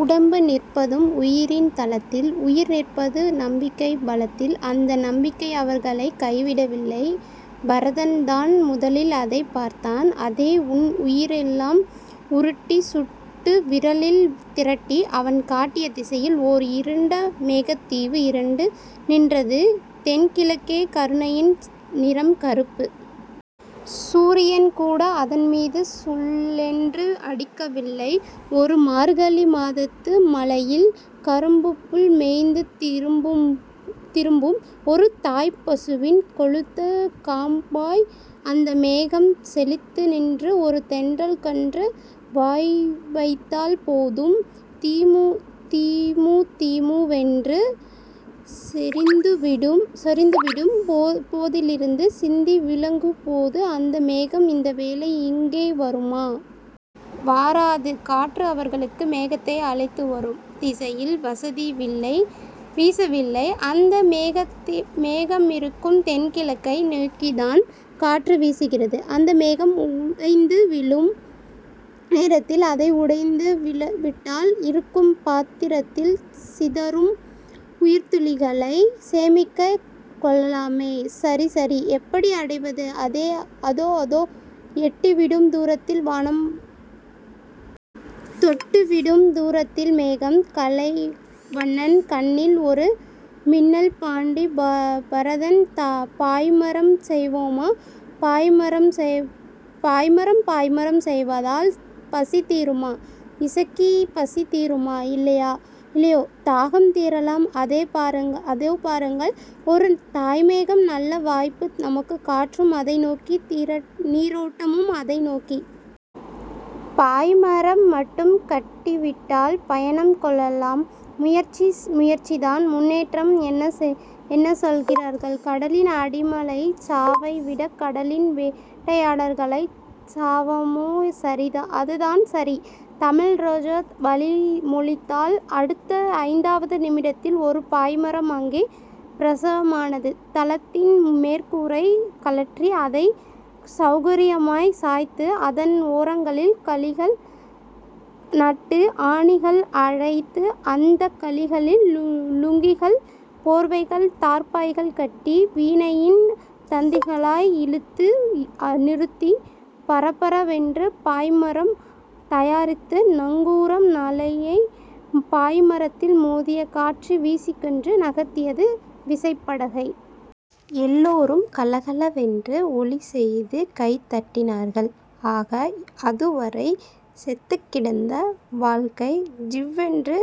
உடம்பு நிற்பது உயிரின் தலத்தில். உயிர் நிற்பது நம்பிக்கை பலத்தில். அந்த நம்பிக்கை அவர்களைக் கைவிடவில்லை. பரதன்தான் முதலில் அதைப் பார்த்தான். அதோ. தன் உயிரையெல்லாம் உருட்டி சுட்டு விரலில் திரட்டி அவன் காட்டிய திசையில் ஓர் இருண்ட மேகத்தீவு திரண்டு நின்றது தென்கிழக்கே. கருணையின் நிறம் கறுப்பு. சூரியன்கூட அதன்மீது சுள்ளென்று அடிக்கவில்லை. ஒரு மார்கழி மாதத்து மாலையில் அருகம்புல் மேய்ந்து திரும்பும் ஒரு தாய்ப்பசுவின் கொழுத்த காம்பாய் அந்த மேகம் செழித்து நின்றது. ஒரு தென்றல்கன்று வாய்வைத்தால் போதும் திமுதிமுவென்று சொரிந்துவிடும் போலிருந்தது. சிந்தி விழப்போகும் அந்த மேகம் இந்த வேளை இங்கு வருமா? வாராது. காற்று அவர்களுக்கு மேகத்தை அழைத்துவரும் திசையில் வீசவில்லை. அந்த மேகமிருக்கும் தென்கிழக்கை நோக்கித்தான் காற்று வீசுகிறது. அந்த மேகம் உடைந்து விழும் நேரத்தில் அதை அடைந்துவிட்டால் இருக்கும் பாத்திரத்தில் சிதறும் உயிர்த்துளிகளைச் சேமித்துக் கொள்ளலாமே. சரிசரி. எப்படி அடைவது? அதோ அதோ. எட்டிவிடும் தூரத்தில் வானம். தொட்டுவிடும் தூரத்தில் மேகம். கலைவண்ணன் கண்ணில் ஒரு மின்னல். பாண்டி. பரதன். பாய்மரம் செய்வோமா? பாய்மரம்... பாய்மரம் செய்தால் பசி தீருமா? இசக்கி. பசி தீருமோ இல்லையோ, தாகம் தீரலாம். அதோ பாருங்கள் ஒரு தாய்மேகம். நல்ல வாய்ப்பு நமக்கு. காற்றும் அதை நோக்கி. நீரோட்டமும் அதை நோக்கி. பாய்மரம் மட்டும் கட்டிவிட்டால் பயணம் கொள்ளலாம். முயற்சி. முயற்சிதான் முன்னேற்றம். என்ன சொல்கிறீர்கள்? கடலின் அடிமைகளாய்ச் சாவதைவிடக் கடலின் வேட்டைக்காரர்களாய்ச் சாவோமே. சரி. அதுதான் சரி தமிழ்ரோஜா வழிமொழிந்தாள். அடுத்த ஐந்தாவது நிமிடத்தில் ஒரு பாய்மரம் அங்கே பிரசவமானது. தளத்தின் மேற்கூரை கழற்றி அதை செளகரியமாய்ச் சாய்த்து அதன் ஓரங்களில் கழிகள் நட்டு ஆணிகள் அறைந்து அந்தக் கழிகளில் லுங்கிகள் போர்வைகள் தார்ப்பாய் கட்டி வீணையின் தந்திகளாய் இழுத்து நிறுத்தி பரபரவென்று பாய்மரம் தயாரித்து, நங்கூரம் களைய பாய்மரத்தில் மோதிய காற்று விசுக்கென்று நகர்த்தியது விசைப்படகை. எல்லோரும் கலகலவென்று ஒலிசெய்து கைதட்டினார்கள். ஆகா. அதுவரை செத்துக்கிடந்த வாழ்க்கை ஜிவ்வென்று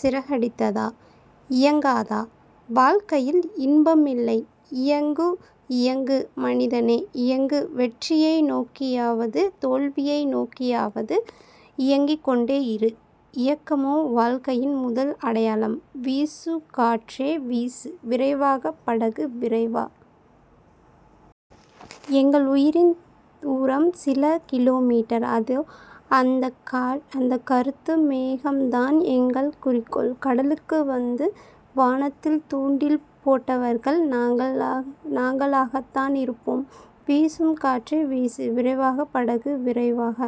சிறகடித்ததா? இயங்காத வாழ்க்கையில் இன்பமில்லை. இயங்கு. இயங்கு மனிதனே. இயங்கு. வெற்றியை நோக்கியாவது தோல்வியை நோக்கியாவது இயங்கிக்கொண்டே இரு. இயக்கமே வாழ்க்கையின் முதல் அடையாளம். வீசு காற்றே வீசு. விரைக படகே விரைக. எங்கள் உயிரின் தூரம் சில கிலோமீட்டர். அதோ. அந்தக் கறுத்த மேகம்தான் எங்கள் குறிக்கோள். கடலுக்கு வந்து வானத்தில் தூண்டில் போட்டவர்கள் நாங்களாகத்தானிருப்போம். வீசு காற்றே வீசு. விரைக படகே விரைக.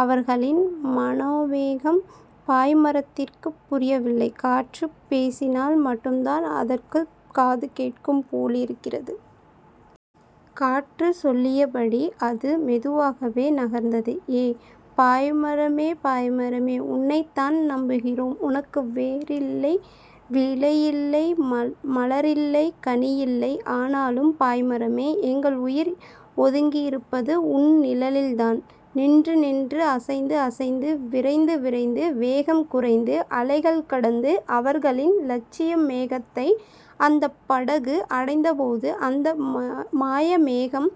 அவர்களின் மனோவேகம் பாய்மரத்திற்குப் புரியவில்லை. காற்றுப் பேசினால் மட்டும்தான் அதற்குக் காது கேட்கும் போலிருக்கிறது. காற்று சொல்லியபடி அது மெதுவாகவே நகர்ந்தது. ஏ, பாய்மரமே. பாய்மரமே. உன்னைத்தான் நம்புகிறோம். உனக்கு வேரில்லை. கிளையில்லை. மலரில்லை. கனியில்லை. ஆனாலும் பாய்மரமே. எங்கள் உயிர் ஒதுங்கியிருப்பது உன் நிழலில்தான். நின்று நின்று அசைந்து அசைந்து விரைந்து விரைந்து வேகம் குறைந்து அலைகள் கடந்து அவர்களின் லட்சிய மேகத்தை அந்தப் படகு அடைந்தபோது அந்த மாயமேகம்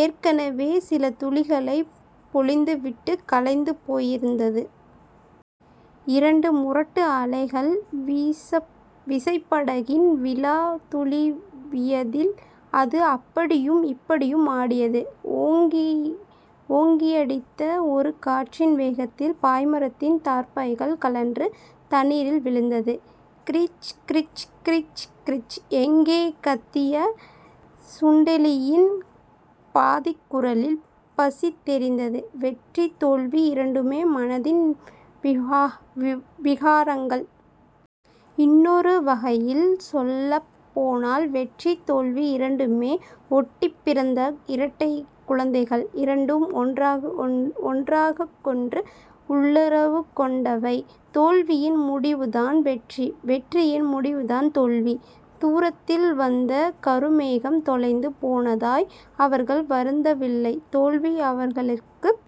ஏற்கெனவே சில துளிகளைப் பொழிந்துவிட்டுக் கலைந்து போயிருந்தது. இரண்டு முரட்டு அலைகள் விசைப்படகின் விலா துழாவியதில் அது அப்படியும் இப்படியும் ஆடியது. ஓங்கியடித்த ஒரு காற்றின் வேகத்தில் பாய்மரத்தின் தார்ப்பாய் கழன்று தண்ணீரில் விழுந்தது. கிரீச். கிரீச். கிரீச். கிரீச். எங்கோ கத்திய சுண்டெலியின் பாதிக் குரலில் பசி தெரிந்தது. வெற்றி தோல்வி இரண்டுமே மனதின் விகாரங்கள். இன்னொரு வகையில் சொல்லப் போனால் வெற்றி தோல்வி இரண்டுமே ஒட்டிப்பிறந்த இரட்டைக் குழந்தைகள். இரண்டும் ஒன்றுக்கொன்று உள்ளுறவுகொண்டவை. தோல்வியின் முடிவுதான் வெற்றி. வெற்றியின் முடிவுதான் தோல்வி. துரத்தி வந்த கருமேகம் தொலைந்து போனதற்காய் அவர்கள் வருந்தவில்லை. தோல்வி அவர்களுக்குப்